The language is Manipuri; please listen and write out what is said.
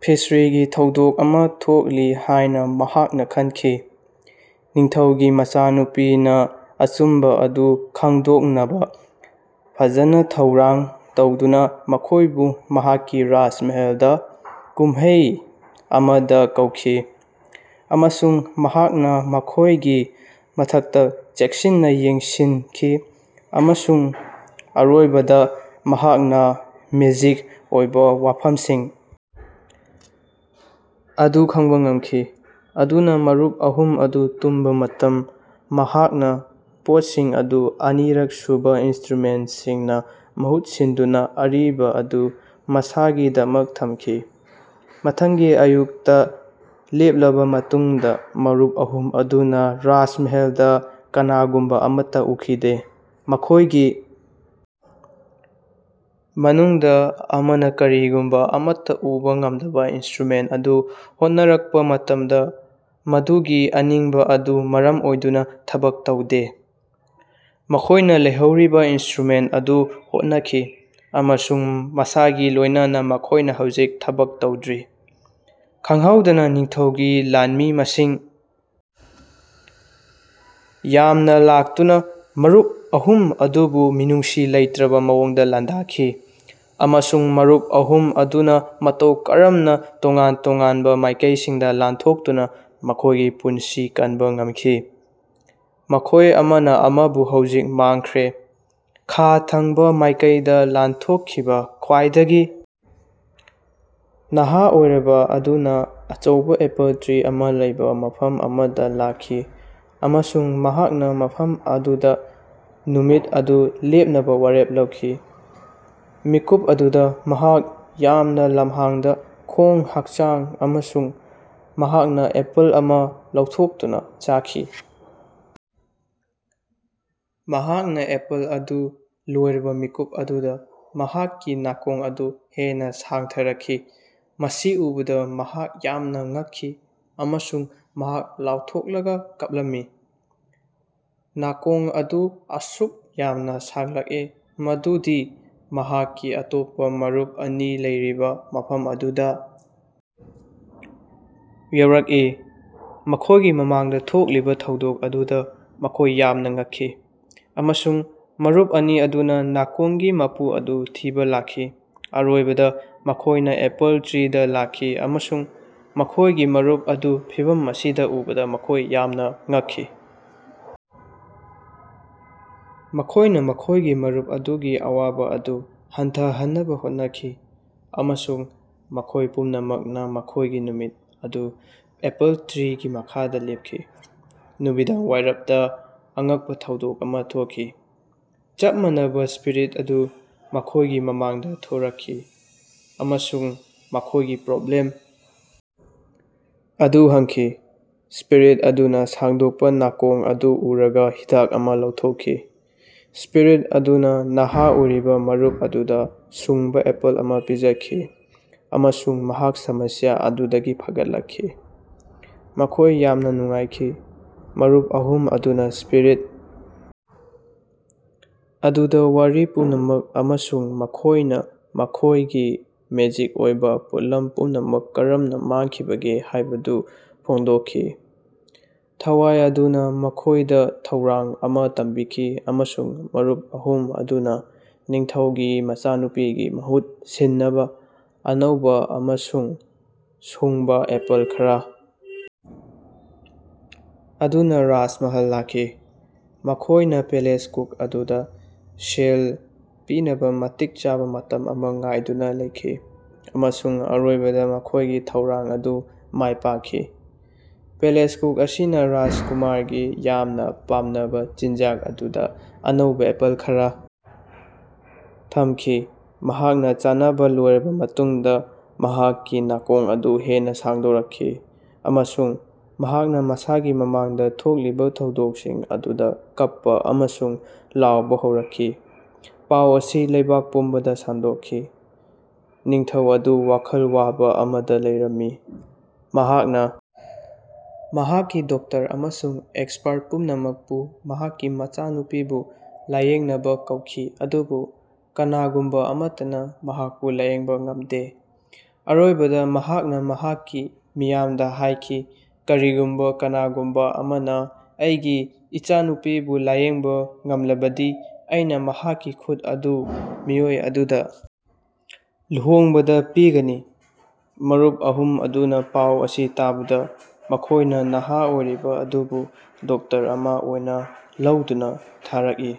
ꯐꯤꯁꯔꯤꯒꯤ ꯊꯧꯗꯣꯛ ꯑꯃꯥ ꯊꯣꯛꯂꯤ ꯍꯥꯏꯅꯥ ꯃꯍꯥꯛꯅꯥ ꯈꯟꯈꯤ꯫ ꯅꯤꯡꯊꯧꯒꯤ ꯃꯆꯥꯅꯨꯄꯤꯅꯥ ꯑꯆꯨꯝꯕꯥ ꯑꯗꯨ ꯈꯪꯗꯣꯛꯅꯕꯥ ꯐꯖꯅꯥ ꯊꯧꯔꯥꯡ ꯇꯧꯗꯨꯅꯥ ꯃꯈꯣꯏꯕꯨ ꯃꯍꯥꯛꯀꯤ ꯔꯥꯖꯃꯍꯜꯗꯥ ꯀꯨꯝꯃꯩ ꯑꯃꯗꯥ ꯀꯧꯈꯤ꯫ ꯑꯃꯁꯨꯡ ꯃꯍꯥꯛꯅꯥ ꯃꯈꯣꯏꯒꯤ ꯃꯊꯛꯇꯥ ꯆꯦꯛꯁꯤꯟꯅꯥ ꯌꯦꯡꯁꯤꯟꯈꯤ ꯑꯃꯁꯨꯡ ꯑꯔꯣꯏꯕꯗꯥ ꯃꯍꯥꯛꯅꯥ ꯃꯦꯖꯤꯛ ꯑꯣꯏꯕꯥ ꯋꯥꯐꯝꯁꯤꯡ ꯑꯗꯨ ꯈꯪꯕꯥ ꯉꯝꯈꯤ꯫ ꯑꯗꯨꯅꯥ ꯃꯔꯨꯞ ꯑꯍꯨꯝ ꯑꯗꯨ ꯇꯨꯝꯕꯥ ꯃꯇꯝꯗꯥ ꯃꯍꯥꯛꯅꯥ ꯄꯣꯠꯁꯤꯡ ꯑꯗꯨ ꯑꯅꯤꯔꯛ ꯁꯨꯕꯥ ꯏꯅꯁꯇ꯭ꯔꯨꯃꯦꯟꯠꯁꯤꯡꯅꯥ ꯃꯍꯨꯠ ꯁꯤꯟꯗꯨꯅꯥ ꯑꯔꯤꯕꯥ ꯑꯗꯨ ꯃꯁꯥꯒꯤꯗꯃꯛ ꯊꯝꯈꯤ꯫ ꯃꯊꯪꯒꯤ ꯑꯌꯨꯛꯇꯥ ꯂꯦꯞꯂꯕꯥ ꯃꯇꯨꯡꯗꯥ ꯃꯔꯨꯞ ꯑꯍꯨꯝ ꯑꯗꯨꯅꯥ ꯔꯥꯖꯃꯍꯜꯗꯥ ꯀꯅꯥꯒꯨꯝꯕꯥ ꯑꯃꯠꯇꯥ ꯎꯈꯤꯗꯦ꯫ ꯃꯈꯣꯏꯒꯤ ꯃꯅꯨꯡꯗꯥ ꯑꯃꯅꯥ ꯀꯔꯤꯒꯨꯝꯕꯥ ꯑꯃꯠꯇꯥ ꯎꯕꯥ ꯉꯝꯕꯥ ꯏꯅꯁꯇ꯭ꯔꯨꯃꯦꯟꯠ ꯑꯗꯨ ꯍꯣꯠꯅꯔꯛꯄꯥ ꯃꯇꯝꯗꯥ ꯃꯗꯨꯒꯤ ꯑꯅꯤꯡꯕꯥ ꯑꯗꯨꯅꯥ ꯃꯔꯝ ꯑꯣꯏꯗꯨꯅꯥ ꯊꯕꯛ ꯇꯧꯗꯦ꯫ ꯃꯈꯣꯏꯅꯥ ꯂꯦꯝꯍꯧꯔꯤꯕꯥ ꯏꯅꯁꯇ꯭ꯔꯨꯃꯦꯟꯠꯁꯤꯡ ꯑꯗꯨ ꯍꯣꯠꯅꯈꯤ ꯑꯃꯁꯨꯡ ꯃꯁꯤꯒꯥ ꯂꯣꯏꯅꯅꯥ ꯃꯈꯣꯏꯅꯥ ꯍꯧꯖꯤꯛ ꯊꯕꯛ ꯇꯧꯗ꯭ꯔꯤ꯫ ꯈꯪꯍꯧꯗꯅꯥ ꯅꯤꯡꯊꯧꯒꯤ ꯂꯥꯟꯃꯤ ꯃꯁꯤꯡ ꯌꯥꯝꯅꯥ ꯂꯥꯛꯇꯨꯅꯥ ꯃꯔꯨꯞ ꯑꯍꯨꯝ ꯑꯗꯨꯕꯨ ꯃꯤꯅꯨꯡꯁꯤ ꯂꯩꯇ꯭ꯔꯕꯥ ꯃꯑꯣꯡꯗꯥ ꯂꯥꯟꯗꯥꯈꯤ ꯑꯃꯁꯨꯡ ꯃꯔꯨꯞ ꯑꯍꯨꯝ ꯑꯗꯨꯅꯥ ꯃꯇꯧ ꯀꯔꯝꯅꯥ ꯇꯣꯉꯥꯟ ꯇꯣꯉꯥꯟꯕꯥ ꯃꯥꯏꯀꯩꯁꯤꯡꯗꯥ ꯂꯥꯟꯊꯣꯛꯇꯨꯅꯥ ꯃꯈꯣꯏꯒꯤ ꯄꯨꯟꯁꯤ ꯀꯟꯕꯥ ꯉꯝꯈꯤ꯫ ꯃꯈꯣꯏ ꯑꯃꯅꯥ ꯑꯃꯕꯨ ꯍꯧꯖꯤꯛ ꯃꯥꯡꯈ꯭ꯔꯦ꯫ ꯈꯥ ꯊꯪꯕꯥ ꯃꯥꯏꯀꯩꯗꯥ ꯂꯥꯟꯊꯣꯛꯈꯤꯕꯥ ꯈ꯭ꯋꯥꯏꯗꯒꯤ ꯅꯍꯥ ꯑꯣꯏꯔꯤꯕꯥ ꯑꯗꯨꯅꯥ ꯑꯆꯧꯕꯥ ꯑꯦꯄꯜ ꯇ꯭ꯔꯤ ꯑꯃꯥ ꯂꯩꯕꯥ ꯃꯐꯝ ꯑꯃꯗꯥ ꯂꯥꯛꯈꯤ ꯑꯃꯁꯨꯡ ꯃꯍꯥꯛꯅꯥ ꯃꯐꯝ ꯑꯗꯨꯗꯥ ꯅꯨꯃꯤꯠ ꯑꯗꯨ ꯂꯦꯞꯅꯕꯥ ꯋꯥꯔꯦꯞ ꯂꯧꯈꯤ꯫ ꯃꯤꯀꯨꯞ ꯑꯗꯨꯗꯥ ꯃꯍꯥꯛ ꯌꯥꯝꯅꯥ ꯂꯝꯍꯥꯡꯗꯥ ꯈꯣꯡ ꯍꯛꯆꯥꯡ ꯑꯃꯁꯨꯡ ꯃꯍꯥꯛꯅꯥ ꯑꯦꯄꯜ ꯑꯃꯥ ꯂꯧꯊꯣꯛꯇꯨꯅꯥ ꯆꯥꯈꯤ꯫ ꯃꯍꯥꯛꯅꯥ ꯑꯦꯄꯜ ꯑꯗꯨ ꯂꯣꯏꯔꯕꯥ ꯃꯤꯀꯨꯞ ꯑꯗꯨꯗꯥ ꯃꯍꯥꯛꯀꯤ ꯅꯥꯀꯣꯡ ꯑꯗꯨ ꯍꯦꯟꯅꯥ ꯁꯥꯡꯊꯔꯛꯈꯤ꯫ ꯃꯁꯤ ꯎꯕꯗꯥ ꯃꯍꯥꯛ ꯌꯥꯝꯅꯥ ꯉꯛꯈꯤ ꯑꯃꯁꯨꯡ ꯃꯍꯥꯛ ꯂꯥꯎꯊꯣꯛꯂꯒꯥ ꯀꯞꯂꯝꯃꯤ꯫ ꯅꯥꯀꯣꯡ ꯑꯗꯨ ꯑꯁꯨꯛ ꯌꯥꯝꯅꯥ ꯁꯥꯡꯂꯛꯏ ꯃꯗꯨꯗꯤ ꯃꯍꯥꯛꯀꯤ ꯑꯇꯣꯞꯄꯥ ꯃꯔꯨꯞ ꯑꯅꯤꯅꯥ ꯂꯩꯔꯤꯕꯥ ꯃꯐꯝ ꯑꯗꯨꯗꯥ ꯌꯧꯔꯛꯏ꯫ ꯃꯈꯣꯏꯒꯤ ꯃꯃꯥꯡꯗꯥ ꯊꯣꯛꯂꯤꯕꯥ ꯊꯧꯗꯣꯛ ꯑꯗꯨꯗꯥ ꯃꯈꯣꯏ ꯌꯥꯝꯅꯥ ꯉꯛꯈꯤ ꯑꯃꯁꯨꯡ ꯃꯔꯨꯞ ꯑꯅꯤ ꯑꯗꯨꯅꯥ ꯅꯥꯀꯣꯡꯒꯤ ꯃꯄꯨ ꯑꯗꯨ ꯊꯤꯕꯥ ꯂꯥꯛꯈꯤ꯫ ꯑꯔꯣꯏꯕꯗꯥ ꯃꯈꯣꯏꯅꯥ ꯑꯦꯄꯜ ꯇ꯭ꯔꯤꯗꯥ ꯂꯥꯛꯈꯤ ꯑꯃꯁꯨꯡ ꯃꯈꯣꯏꯒꯤ ꯃꯔꯨꯞ ꯑꯗꯨꯕꯨ ꯐꯤꯚꯝ ꯑꯁꯤꯗꯥ ꯎꯕꯗꯥ ꯃꯈꯣꯏ ꯌꯥꯝꯅꯥ ꯉꯛꯈꯤ꯫ ꯃꯈꯣꯏꯅꯥ ꯃꯈꯣꯏꯒꯤ ꯃꯔꯨꯞ ꯑꯗꯨꯒꯤ ꯑꯋꯥꯕꯥ ꯑꯗꯨ ꯍꯟꯊꯍꯟꯅꯕꯥ ꯍꯣꯠꯅꯈꯤ ꯑꯃꯁꯨꯡ ꯃꯈꯣꯏ ꯄꯨꯝꯅꯃꯛꯅꯥ ꯃꯈꯣꯏꯒꯤ ꯅꯨꯃꯤꯠ ꯑꯗꯨ ꯑꯦꯄꯜ ꯇ꯭ꯔꯤꯒꯤ ꯃꯈꯥꯗꯥ ꯂꯦꯞꯂꯤ꯫ ꯅꯨꯃꯤꯗꯥꯡꯋꯥꯏꯔꯞꯗꯥ ꯑꯉꯛꯄꯥ ꯊꯧꯗꯣꯛ ꯑꯃꯥ ꯊꯣꯛꯈꯤ꯫ ꯆꯞ ꯃꯥꯟꯅꯕꯥ ꯁ꯭ꯄꯤꯔꯤꯠ ꯑꯗꯨ ꯃꯈꯣꯏꯒꯤ ꯃꯃꯥꯡꯗꯥ ꯊꯣꯔꯛꯈꯤ ꯑꯃꯁꯨꯡ ꯃꯈꯣꯏꯒꯤ ꯄ꯭ꯔꯣꯕ꯭ꯂꯦꯝ ꯑꯗꯨ ꯍꯪꯈꯤ꯫ ꯁ꯭ꯄꯤꯔꯤꯠ ꯑꯗꯨꯅꯥ ꯁꯥꯡꯗꯣꯛꯄꯥ ꯅꯥꯀꯣꯡ ꯑꯗꯨ ꯎꯔꯒꯥ ꯍꯤꯗꯥꯛ ꯑꯃꯥ ꯂꯧꯊꯣꯛꯈꯤ꯫ ꯁ꯭ꯄꯤꯔꯤꯠ ꯑꯗꯨꯅꯥ ꯅꯍꯥ ꯑꯣꯏꯔꯤꯕꯥ ꯃꯔꯨꯞ ꯑꯗꯨꯗꯥ ꯁꯨꯡꯕꯥ ꯑꯦꯄꯜ ꯑꯃꯥ ꯄꯤꯖꯈꯤ ꯑꯃꯁꯨꯡ ꯃꯍꯥꯛ ꯁꯃꯁ꯭ꯌꯥ ꯑꯗꯨꯗꯒꯤ ꯐꯒꯠꯂꯛꯈꯤ꯫ ꯃꯈꯣꯏ ꯌꯥꯝꯅꯥ ꯅꯨꯡꯉꯥꯏꯈꯤ꯫ ꯃꯔꯨꯞ ꯑꯍꯨꯝ ꯑꯗꯨꯅꯥ ꯁ꯭ꯄꯤꯔꯤꯠ ꯑꯗꯨꯗꯥ ꯋꯥꯔꯤ ꯄꯨꯝꯅꯃꯛ ꯑꯃꯁꯨꯡ ꯃꯈꯣꯏꯅꯥ ꯃꯈꯣꯏꯒꯤ ꯃꯦꯖꯤꯛ ꯑꯣꯏꯕꯥ ꯄꯣꯠꯂꯝ ꯄꯨꯝꯅꯃꯛ ꯀꯔꯝꯅꯥ ꯃꯥꯡꯈꯤꯕꯒꯦ ꯍꯥꯏꯕꯗꯨ ꯐꯣꯡꯗꯣꯛꯈꯤ꯫ ꯊꯋꯥꯏ ꯑꯗꯨꯅꯥ ꯃꯈꯣꯏꯗꯥ ꯊꯧꯔꯥꯡ ꯑꯃꯥ ꯇꯝꯕꯤꯈꯤ ꯑꯃꯁꯨꯡ ꯃꯔꯨꯞ ꯑꯍꯨꯝ ꯑꯗꯨꯅꯥ ꯅꯤꯡꯊꯧꯒꯤ ꯃꯆꯥꯅꯨꯄꯤꯒꯤ ꯃꯍꯨꯠ ꯁꯤꯟꯅꯕꯥ ꯑꯅꯧꯕꯥ ꯑꯃꯁꯨꯡ ꯁꯨꯡꯕꯥ ꯑꯦꯄꯜ ꯈꯔꯥ ꯂꯧꯗꯨꯅꯥ ꯔꯥꯖꯃꯍꯜꯗꯥ ꯂꯥꯛꯈꯤ꯫ ꯃꯈꯣꯏꯅꯥ ꯄꯦꯂꯦꯁ ꯀꯨꯛ ꯑꯗꯨꯗꯥ ꯁꯦꯜ ꯄꯤꯅꯕꯥ ꯃꯇꯤꯛ ꯆꯥꯕꯥ ꯃꯇꯝ ꯑꯃꯥ ꯉꯥꯏꯗꯨꯅꯥ ꯂꯩꯈꯤ ꯑꯃꯁꯨꯡ ꯑꯔꯣꯏꯕꯗꯥ ꯃꯈꯣꯏꯒꯤ ꯊꯧꯔꯥꯡ ꯑꯗꯨ ꯃꯥꯏ ꯄꯥꯛꯈꯤ꯫ ꯄꯦꯂꯦꯁ ꯀꯨꯛ ꯑꯁꯤꯅꯥ ꯔꯥꯖꯀꯨꯃꯥꯔꯒꯤ ꯌꯥꯝꯅꯥ ꯄꯥꯝꯅꯕꯥ ꯆꯤꯟꯖꯥꯛ ꯑꯗꯨꯗꯥ ꯑꯅꯧꯕꯥ ꯑꯦꯄꯜ ꯈꯔꯥ ꯊꯝꯈꯤ꯫ ꯃꯍꯥꯛꯅꯥ ꯆꯥꯅꯕꯥ ꯂꯣꯏꯔꯕꯥ ꯃꯇꯨꯡꯗꯥ ꯃꯍꯥꯛꯀꯤ ꯅꯥꯀꯣꯡ ꯑꯗꯨ ꯍꯦꯟꯅꯥ ꯁꯥꯡꯗꯣꯛꯈꯤ ꯑꯃꯁꯨꯡ ꯃꯍꯥꯛꯅꯥ ꯃꯁꯥꯒꯤ ꯃꯃꯥꯡꯗꯥ ꯊꯣꯛꯂꯤꯕꯥ ꯊꯧꯗꯣꯀꯁꯤꯡ ꯑꯗꯨꯗꯥ ꯀꯞꯄꯥ ꯑꯃꯁꯨꯡ ꯂꯥꯎꯕꯥ ꯍꯧꯔꯛꯈꯤ꯫ ꯄꯥꯎ ꯑꯁꯤ ꯂꯩꯕꯥꯛ ꯄꯨꯝꯕꯗꯥ ꯁꯟꯗꯣꯛꯈꯤ꯫ ꯅꯤꯡꯊꯧ ꯑꯗꯨ ꯋꯥꯈꯜ ꯋꯥꯕꯥ ꯑꯃꯗꯥ ꯂꯩꯔꯝꯃꯤ꯫ ꯃꯍꯥꯛꯅꯥ ꯃꯍꯥꯛꯀꯤ ꯗꯣꯛꯇꯔ ꯑꯃꯁꯨꯡ ꯑꯦꯛꯁꯄꯔꯠ ꯄꯨꯝꯅꯃꯛꯄꯨ ꯃꯍꯥꯛꯀꯤ ꯃꯆꯥꯅꯨꯄꯤꯕꯨ ꯂꯥꯌꯦꯡꯅꯕꯥ ꯀꯧꯈꯤ ꯑꯗꯨꯕꯨ ꯀꯅꯥꯒꯨꯝꯕꯥ ꯑꯃꯠꯇꯅꯥ ꯃꯍꯥꯛꯄꯨ ꯂꯥꯌꯦꯡꯕꯥ ꯉꯝꯗꯦ꯫ ꯑꯔꯣꯏꯕꯗꯥ ꯃꯍꯥꯛꯅꯥ ꯃꯍꯥꯛꯀꯤ ꯃꯤꯌꯥꯝꯗꯥ ꯍꯥꯏꯈꯤ ꯀꯔꯤꯒꯨꯝꯕꯥ ꯀꯅꯥꯒꯨꯝꯕꯥ ꯑꯃꯅꯥ ꯑꯩꯒꯤ ꯏꯆꯥꯅꯨꯄꯤꯕꯨ ꯂꯥꯌꯦꯡꯕꯥ ꯉꯝꯂꯕꯗꯤ ꯑꯩꯅꯥ ꯃꯍꯥꯛꯀꯤ ꯈꯨꯠ ꯑꯗꯨ ꯃꯤꯑꯣꯏ ꯑꯗꯨꯗꯥ ꯂꯨꯍꯣꯡꯕꯗꯥ ꯄꯤꯒꯅꯤ꯫ ꯃꯔꯨꯞ ꯑꯍꯨꯝ ꯑꯗꯨꯅꯥ ꯄꯥꯎ ꯑꯁꯤ ꯇꯥꯕꯗꯥ ꯃꯈꯣꯏꯅꯥ ꯅꯍꯥ ꯑꯣꯏꯔꯤꯕꯥ ꯑꯗꯨꯕꯨ ꯗꯣꯛꯇꯔ ꯑꯃꯥ ꯑꯣꯏꯅꯥ ꯂꯧꯗꯨꯅꯥ ꯊꯥꯔꯛꯏ꯫